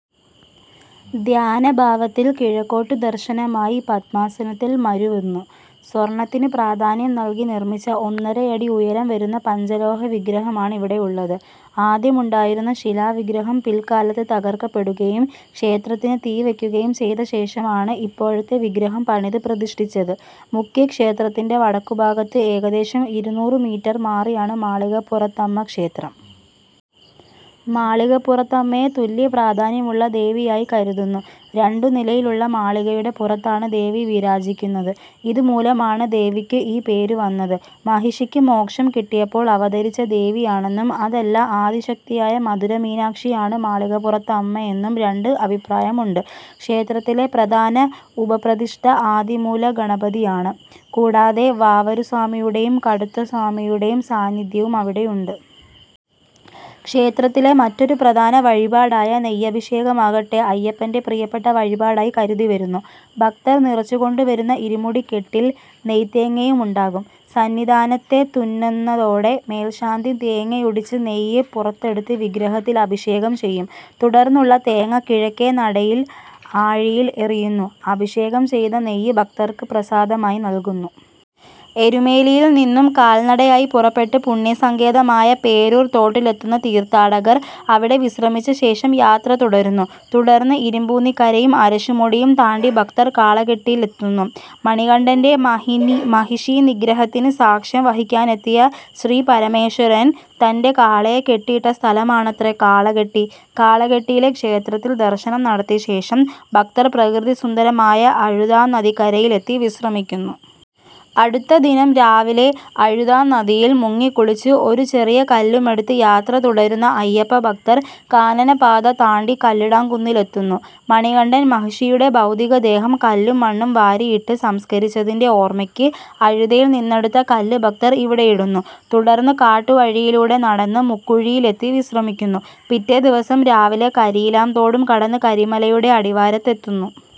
ധ്യാനഭാവത്തിൽ കിഴക്കോട്ട് ദർശനമായി പദ്മാസനത്തിൽ മരുവുന്നു. സ്വർണ്ണത്തിന് പ്രാധാന്യം നൽകി നിർമ്മിച്ച ഒന്നരയടി ഉയരം വരുന്ന പഞ്ചലോഹവിഗ്രഹമാണ് ഇവിടെയുള്ളത്. ആദ്യമുണ്ടായിരുന്ന ശിലാവിഗ്രഹം പിൽക്കാലത്ത് തകർക്കപ്പെടുകയും ക്ഷേത്രത്തിന് തീവയ്ക്കുകയും ചെയ്തശേഷമാണ് ഇപ്പോഴത്തെ വിഗ്രഹം പണിത് പ്രതിഷ്ഠിച്ചത്. മുഖ്യ ക്ഷേത്രത്തിന്റെ വടക്കുഭാഗത്ത് ഏകദേശം ഇരുനൂറ് മീറ്റർ മാറിയാണ് മാളികപ്പുറത്തമ്മക്ഷേത്രം. മാളികപ്പുറത്തമ്മയെ തുല്യപ്രാധാന്യമുള്ള ദേവിയായി കരുതുന്നു. രണ്ടുനിലയിലുള്ള മാളികയുടെ പുറത്താണ് ദേവി വിരാജിക്കുന്നത്. ഇതുമൂലമാണ് ദേവിക്ക് ഈ പേരുവന്നത്. മഹിഷിക്ക് മോക്ഷം കിട്ടിയപ്പോൾ അവതരിച്ച ദേവിയാണെന്നും അതല്ല ആദിശക്തിയായ മധുര മീനാക്ഷിയാണ് മാളികപ്പുറത്തമ്മയെന്നും രണ്ട് അഭിപ്രായമുണ്ട്. ക്ഷേത്രത്തിലെ പ്രധാന ഉപപ്രതിഷ്ഠ ആദിമൂല ഗണപതിയാണ്. കൂടാതെ വാവരുസ്വാമിയുടെയും കടുത്തസ്വാമിയുടെയും സാന്നിദ്ധ്യവും അവിടെയുണ്ട്. ക്ഷേത്രത്തിലെ മറ്റൊരു പ്രധാന വഴിപാടായ നെയ്യഭിഷേകമാകട്ടെ അയ്യപ്പന്റെ പ്രിയപ്പെട്ട വഴിപാടായി കരുതിവരുന്നു. ഭക്തർ നിറച്ചുകൊണ്ടുവരുന്ന ഇരുമുടിക്കെട്ടിൽ നെയ്ത്തേങ്ങയുമുണ്ടാകും. സന്നിധാനത്തെത്തുന്നതോടെ മേൽശാന്തി തേങ്ങയുടച്ച് നെയ്യ് പുറത്തെടുത്ത് വിഗ്രഹത്തിൽ അഭിഷേകം ചെയ്യും. തുടർന്നുള്ള തേങ്ങ കിഴക്കേ നടയിലെ ആഴിയിൽ എറിയുന്നു. അഭിഷേകം ചെയ്ത നെയ്യ് ഭക്തർക്ക് പ്രസാദമായി നൽകുന്നു. എരുമേലിയിൽ നിന്നും കാൽനടയായി പുറപ്പെട്ട് പുണ്യസങ്കേതമായ പേരൂർ തോട്ടിലെത്തുന്ന തീർത്ഥാടകർ അവിടെ വിശ്രമിച്ചശേഷം യാത്ര തുടരുന്നു. തുടർന്ന് ഇരുമ്പൂന്നിക്കരയും അരശുമുടിയും താണ്ടി ഭക്തർ കാളകെട്ടിയിലെത്തുന്നു. മണികണ്ഠന്റെ മഹിഷീനിഗ്രഹത്തിന് സാക്ഷ്യം വഹിക്കാനെത്തിയ ശ്രീപരമേശ്വരൻ തന്റെ കാളയെ കെട്ടിയിട്ട സ്ഥലമാണത്രേ കാളകെട്ടി. കാളകെട്ടിയിലെ ക്ഷേത്രത്തിൽ ദർശനം നടത്തിയശേഷം ഭക്തർ പ്രകൃതിസുന്ദരമായ അഴുതാനദിക്കരയിലെത്തി വിശ്രമിക്കുന്നു. അടുത്തദിനം രാവിലെ അഴുതാനദിയിൽ മുങ്ങിക്കുളിച്ച് ഒരു ചെറിയ കല്ലുമെടുത്ത് യാത്ര തുടരുന്ന അയ്യപ്പഭക്തർ കാനനപാത താണ്ടി കല്ലിടാംകുന്നിലെത്തുന്നു. മണികണ്ഠൻ മഹിഷിയുടെ ഭൗതികദേഹം കല്ലും മണ്ണും വാരിയിട്ട് സംസ്ക്കരിച്ചതിന്റെ ഓർമ്മയ്ക്ക് അഴുതയിൽ നിന്നെടുത്ത കല്ല് ഭക്തർ ഇവിടെ ഇടുന്നു. തുടർന്ന് കാട്ടുവഴിയിലൂടെ നടന്ന് മുക്കുഴിയിലെത്തി വിശ്രമിക്കുന്നു. പിറ്റേദിവസം രാവിലെ കരിയിലാംതോടും കടന്ന് കരിമലയുടെ അടിവാരത്തെത്തുന്നു.